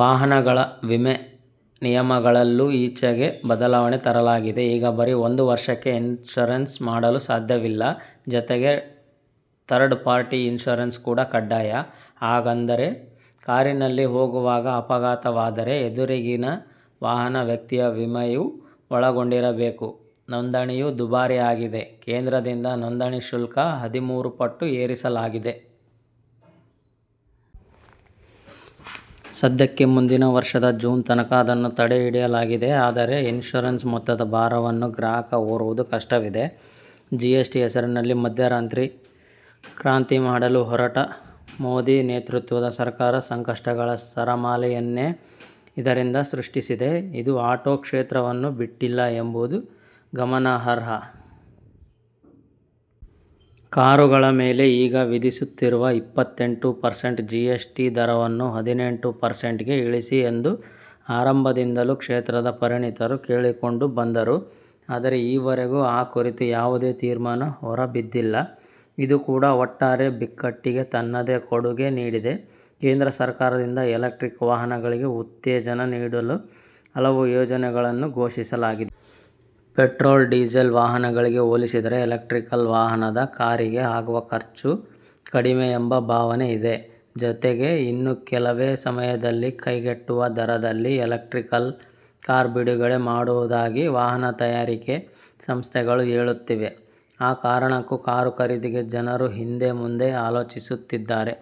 ವಾಹನಗಳ ವಿಮೆ ನಿಯಮಗಳಲ್ಲೂ ಈಚೆಗೆ ಬದಲಾವಣೆ ತರಲಾಗಿದೆ. ಈಗ ಬರೀ ಒಂದು ವರ್ಷಕ್ಕೆ ಇನ್ಷೂರೆನ್ಸ್ ಮಾಡಲು ಸಾಧ್ಯವಿಲ್ಲ. ಜತೆಗೆ ಥರ್ಡ್ ಪಾರ್ಟಿ ಇನ್ಷೂರೆನ್ಸ್ ಕೂಡ ಕಡ್ಡಾಯ. ಹಾಗಂದರೆ, ಕಾರಿನಲ್ಲಿ ಹೋಗುವಾಗ ಅಪಘಾತವಾದರೆ ಎದುರಿಗಿನ ವಾಹನ ವ್ಯಕ್ತಿಯ ವಿಮೆಯೂ ಒಳಗೊಂಡಿರಬೇಕು. ನೋಂದಣಿಯೂ ದುಬಾರಿ ಆಗಿದೆ. ಕೇಂದ್ರದಿಂದ ನೋಂದಣಿ ಶುಲ್ಕ ಹದಿಮೂರು ಪಟ್ಟು ಏರಿಸಲಾಗಿದೆ. ಸದ್ಯಕ್ಕೆ ಮುಂದಿನ ವರ್ಷದ ಜೂನ್ ತನಕ ಅದನ್ನು ತಡೆಹಿಡಿಯಲಾಗಿದೆ. ಆದರೆ ಇನ್ಷೂರೆನ್ಸ್ ಮೊತ್ತದ ಭಾರವನ್ನು ಗ್ರಾಹಕ ಹೊರುವುದು ಕಷ್ಟವಿದೆ. ಜಿಎಸ್ಟಿ ಹೆಸರಿನಲ್ಲಿ ಮಧ್ಯರಾತ್ರಿ ಕ್ರಾಂತಿ ಮಾಡಲು ಹೊರಟ ಮೋದಿ ನೇತೃತ್ವದ ಸರಕಾರ ಸಂಕಷ್ಟಗಳ ಸರಮಾಲೆಯನ್ನೇ ಇದರಿಂದ ಸೃಷ್ಟಿಸಿದೆ. ಇದು ಆಟೋ ಕ್ಷೇತ್ರವನ್ನೂ ಬಿಟ್ಟಿಲ್ಲ ಎಂಬುದು ಗಮನಾರ್ಹ. ಕಾರುಗಳ ಮೇಲೆ ಈಗ ವಿಧಿಸುತ್ತಿರುವ ಇಪ್ಪತ್ತೆಂಟು ಪರ್ಸೆಂಟ್ ಜಿಎಸ್ ಟಿ ದರವನ್ನು ಹದಿನೆಂಟು ಪರ್ಸೆಂಟ್ಗೆ ಇಳಿಸಿ ಎಂದು ಆರಂಭದಿಂದಲೂ ಕ್ಷೇತ್ರದ ಪರಿಣಿತರು ಕೇಳಿಕೊಂಡು ಬಂದರು. ಆದರೆ ಈವರೆಗೂ ಆ ಕುರಿತು ಯಾವುದೇ ತೀರ್ಮಾನ ಹೊರಬಿದ್ದಿಲ್ಲ. ಇದು ಕೂಡ ಒಟ್ಟಾರೆ ಬಿಕ್ಕಟ್ಟಿಗೆ ತನ್ನದೇ ಕೊಡುಗೆ ನೀಡಿದೆ. ಕೇಂದ್ರ ಸರಕಾರದಿಂದ ಎಲೆಕ್ಟ್ರಿಕ್ ವಾಹನಗಳಿಗೆ ಉತ್ತೇಜನ ನೀಡಲು ಹಲವು ಯೋಜನೆಗಳನ್ನು ಘೋಷಿಸಲಾಗಿದೆ. ಪೆಟ್ರೋಲ್ ೀಸೆಲ್ ವಾಹನಗಳಿಗೆ ಹೋಲಿಸಿದರೆ ಎಲೆಕ್ಟ್ರಿಕಲ್ ವಾಹನದ ಕಾರಿಗೆ ಆಗುವ ಖರ್ಚು ಕಡಿಮೆ ಎಂಬ ಭಾವನೆ ಇದೆ. ಜತೆಗೆ ಇನ್ನು ಕೆಲವೇ ಸಮಯದಲ್ಲಿ ಕೈಗೆಟುಕುವ ದರದಲ್ಲಿ ಎಲೆಕ್ಟ್ರಿಕಲ್ ಕಾರು ಬಿಡುಗಡೆ ಮಾಡುವುದಾಗಿ ವಾಹನ ತಯಾರಿಕೆ ಸಂಸ್ಥೆಗಳು ಹೇಳುತ್ತಿವೆ. ಆ ಕಾರಣಕ್ಕೂ ಕಾರು ಖರೀದಿಗೆ ಜನರು ಹಿಂದೆ- ಮುಂದೆ ಆಲೋಚಿಸುತ್ತಿದ್ದಾರೆ.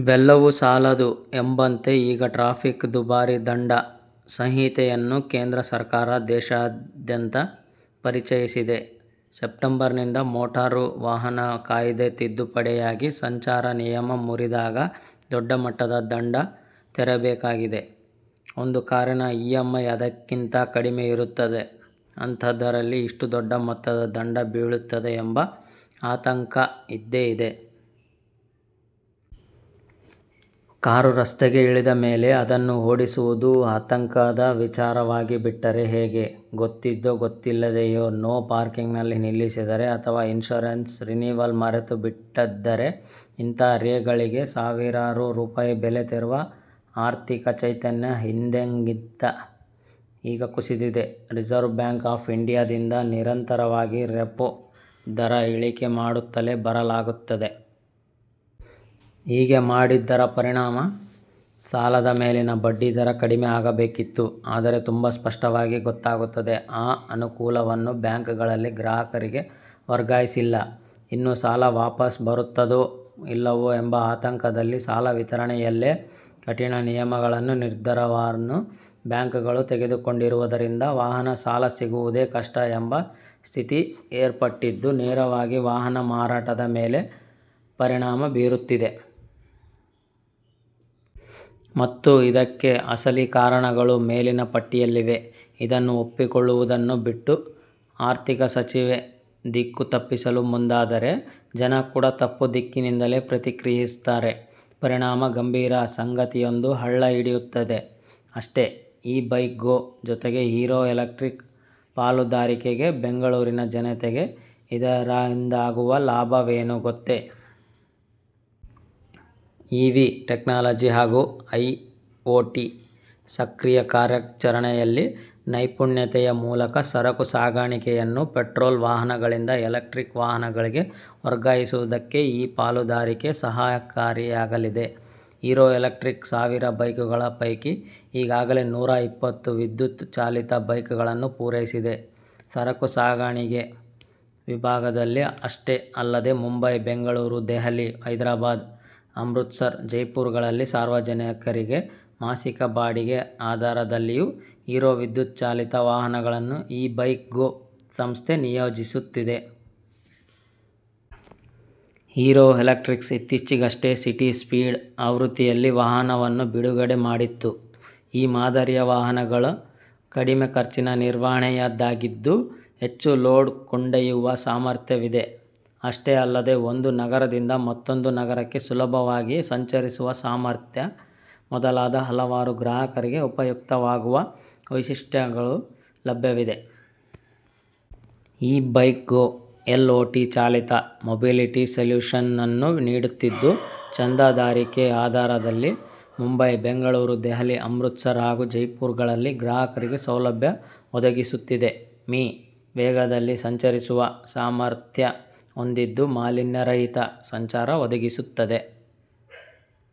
ಇವೆಲ್ಲವೂ ಸಾಲದು ಎಂಬಂತೆ ಈಗ ಟ್ರಾಫಿಕ್ ದುಬಾರಿ ದಂಡ ಸಂಹಿತೆಯನ್ನು ಕೇಂದ್ರ ಸರಕಾರ ದೇಶಾದ್ಯಂರ ಪರಿಚಯಿಸಿದೆ. ಸೆಪ್ಟೆಂಬರ್ನಿಂದ ಮೋಟಾರು ವಾಹನ ಕಾಯ್ದೆ ತಿದ್ದುಪಡಿಯಾಗಿ, ಸಂಚಾರ ನಿಯಮ ಮುರಿದಾಗ ದೊಡ್ಡ ಮಟ್ಟದ ದಂಡ ತೆರಬೇಕಾಗಿದೆ. ಒಂದು ಕಾರಿನ ಇಎಂಐ ಅದಕ್ಕಿಂತ ಕಡಿಮೆ ಇರುತ್ತದೆ. ಅಂಥದ್ದರಲ್ಲಿ ಇಷ್ಟು ದೊಡ್ಡ ಮೊತ್ತದ ದಂಡ ಬೀಳುತ್ತದೆ ಎಂಬ ಆತಂಕ ಇದ್ದೇ ಇದೆ. ಕಾರು ರಸ್ತೆಗೆ ಇಳಿದ ಮೇಲೆ ಅದನ್ನು ಓಡಿಸುವುದೇ ಆತಂಕದ ವಿಚಾರವಾಗಿಬಿಟ್ಟರೆ ಹೇಗೆ? ಗೊತ್ತಿದ್ದೋ ಗೊತ್ತಿಲ್ಲದೆಯೋ ನೋ ಪಾರ್ಕಿಂಗ್ ನಲ್ಲಿ ನಿಲ್ಲಿಸಿದ್ದರೆ ಅಥವಾ ಇನ್ಷೂರೆನ್ಸ್ ರಿನೀವಲ್ ಮರೆತು ಬಿಟ್ಟಿದ್ದರೆ ಇಂಥ 'ರೆ'ಗಳಿಗೆ ಸಾವಿರಾರು ರೂಪಾಯಿ ಬೆಲೆ ತೆರುವ ಆರ್ಥಿಕ ಚೈತನ್ಯ ಹಿಂದೆಂದಿಗಿಂತ ಈಗ ಕುಸಿದಿದೆ. ರಿಸರ್ವ್ ಬ್ಯಾಂಕ್ ಆಫ್ ಇಂಡಿಯಾದಿಂದ ನಿರಂತರವಾಗಿ ರೆಪೋ ದರ ಇಳಿಕೆ ಮಾಡುತ್ತಲೇ ಬರಲಾಗುತ್ತದೆ. ಹೀಗೆ ಮಾಡಿದ್ದರ ಪರಿಣಾಮ ಸಾಲದ ಮೇಲಿನ ಬಡ್ಡಿ ದರ ಕಡಿಮೆ ಆಗಬೇಕಿತ್ತು. ಆದರೆ ತುಂಬ ಸ್ಪಷ್ಟವಾಗಿ ಗೊತ್ತಾಗುತ್ತದೆ, ಆ ಅನುಕೂಲವನ್ನು ಬ್ಯಾಂಕ್ ಗಳು ಗ್ರಾಹಕರಿಗೆ ವರ್ಗಾಯಿಸಿಲ್ಲ. ಇನ್ನು ಸಾಲ ವಾಪಸ್ ಬರುತ್ತದೋ ಇಲ್ಲವೋ ಎಂಬ ಆತಂಕದಲ್ಲಿ ಸಾಲ ವಿತರಣೆಯಲ್ಲೇ ಕಠಿಣ ನಿಯಮಗಳನ್ನು, ನಿರ್ಧಾರವನ್ನು ಬ್ಯಾಂಕ್ ಗಳು ತೆಗೆದುಕೊಂಡಿರುವುದರಿಂದ ವಾಹನ ಸಾಲ ಸಿಗುವುದೇ ಕಷ್ಟ ಎಂಬ ಸ್ಥಿತಿ ಏರ್ಪಟ್ಟಿದ್ದು, ನೇರವಾಗಿ ವಾಹನ ಮಾರಾಟದ ಮೇಲೆ ಪರಿಣಾಮ ಬೀರುತ್ತಿದೆ. ಮತ್ತು, ಇದಕ್ಕೆ ಅಸಲಿ ಕಾರಣಗಳು ಮೇಲಿನ ಪಟ್ಟಿಯಲ್ಲಿವೆ. ಇದನ್ನು ಒಪ್ಪಿಕೊಳ್ಳುವುದನ್ನು ಬಿಟ್ಟು ಆರ್ಥಿಕ ಸಚಿವೆ ದಿಕ್ಕು ತಪ್ಪಿಸಲು ಮುಂದಾದರೆ, ಜನ ಕೂಡ ತಪ್ಪು ದಿಕ್ಕಿನಿಂದಲೇ ಪ್ರತಿಕ್ರಿಯಿಸುತ್ತಾರೆ. ಪರಿಣಾಮ ಗಂಭೀರ ಸಂಗತಿಯೊಂದು ಹಳ್ಳ ಹಿಡಿಯುತ್ತದೆ, ಅಷ್ಟೆ. ಇ-ಬೈಕ್-ಗೋ ಜೊತೆಗೆ ಹಿರೋ ಎಲೆಕ್ಟ್ರಿಕ್ ಪಾಲುದಾರಿಕೆಗೆ ಬೆಂಗಳೂರಿನ ಜನತೆಗೆ ಇದರಿಂದಾಗುವ ಲಾಭವೇನು ಗೊತ್ತೇ? ಇವಿ ಟೆಕ್ನಾಲಜಿ ಹಾಗೂ ಐಒಟಿ ಸಕ್ರಿಯ ಕಾರ್ಯಾಚರಣೆಯಲ್ಲಿ ನೈಪುಣ್ಯತೆಯ ಮೂಲಕ ಸರಕು ಸಾಗಣಿಗೆಯನ್ನು ಪೆಟ್ರೋಲ್ ವಾಹನಗಳಿಂದ ಎಲೆಕ್ಟ್ರಿಕ್ ವಾಹನಗಳಿಗೆ ವರ್ಗಾಯಿಸುವುದಕ್ಕೆ ಈ ಪಾಲುದಾರಿಕೆ ಸಹಕಾರಿಯಾಗಲಿದೆ ಹಿರೋ ಎಲೆಕ್ಟ್ರಿಕ್ ಸಾವಿರ ಬೈಕ್ ಗಳ ಪೈಕಿ ಈಗಾಗಲೇ ನೂರ ಇಪ್ಪತ್ತು ವಿದ್ಯುತ್ ಚಾಲಿತ ಬೈಕ್ ಗಳನ್ನು ಪೂರೈಸಿದೆ. ಸರಕು ಸಾಗಾಣಿಗೆ ವಿಭಾಗದಲ್ಲಿ ಅಷ್ಟೇ ಅಲ್ಲದೇ ಮುಂಬೈ, ಬೆಂಗಳೂರು, ದೆಹಲಿ, ಹೈದರಾಬಾದ್ ಅಮೃತ್ ಸರ, ಜೈಪುರಗಳಲ್ಲಿ ಸಾರ್ವಜನಿಕರಿಗೆ ಮಾಸಿಕ ಬಾಡಿಗೆ ಆಧಾರದಲ್ಲಿಯೂ ಹಿರೋ ವಿದ್ಯುತ್ ಚಾಲಿತ ವಾಹನಗಳನ್ನು ಇ ಬೈಕ್ ಗೋ ಸಂಸ್ಥೆ ನಿಯೋಜಿಸುತ್ತಿದೆ. ಹಿರೋ ಎಲೆಟ್ರಿಕ್ಸ್ ಇತ್ತೀಚೆಗಷ್ಟೇ ಸಿಟಿ ಸ್ಪೀಡ್ ಆವೃತ್ತಿಯಲ್ಲಿ ವಾಹನವನ್ನು ಬಿಡುಗಡೆ ಮಾಡಿತ್ತು. ಈ ಮಾದರಿಯ ವಾಹನಗಳು ಕಡಿಮೆ ಖರ್ಚಿನ ನಿರ್ವಹಣೆಯದ್ದಾಗಿದ್ದು, ಹೆಚ್ಚು ಲೋಡ್ ಕೊಂಡೊಯ್ಯುವ ಸಾಮರ್ಥ್ಯವಿದೆ. ಅಷ್ಟೇ ಅಲ್ಲದೇ ಒಂದು ನಗರದಿಂದ ಮತ್ತೊಂದು ನಗರಕ್ಕೆ ಸುಲಭವಾಗಿ ಸಂಚರಿಸುವ ಸಾಮರ್ಥ್ಯ ಮೊದಲಾದ ಹಲವಾರು ಗ್ರಾಹಕರಿಗೆ ಉಪಯುಕ್ತವಾಗುವ ವೈಶಿಷ್ಟ್ಯಗಳು ಲಭ್ಯವಿದೆ. ಇ ಬೈಕ್ ಗೋ ಎಲ್ಒಟಿ ಚಾಲಿತ ಮೊಬಿಲಿಟಿ ಸೊಲ್ಯೂಷನ್ ನ್ನು ನೀಡುತ್ತಿದ್ದು, ಚಂದಾದಾರಿಕೆ ಆಧಾರದಲ್ಲಿ ಮುಂಬೈ, ಬೆಂಗಳೂರು, ದೆಹಲಿ ಅಮೃತ್ ಸರ್ ಹಾಗೂ ಜೈಪುರ್ ಗಳಲ್ಲಿ ಗ್ರಾಹಕರಿಗೆ ಸೌಲಭ್ಯ ಒದಗಿಸುತ್ತಿದೆ. ಮೀ ವೇಗದಲ್ಲಿ ಸಂಚರಿಸುವ ಸಾಮರ್ಥ್ಯ ಹೊಂದಿದ್ದು, ಮಾಲಿನ್ಯ ರಹಿತ ಸಂಚಾರ ಒದಗಿಸುತ್ತದೆ.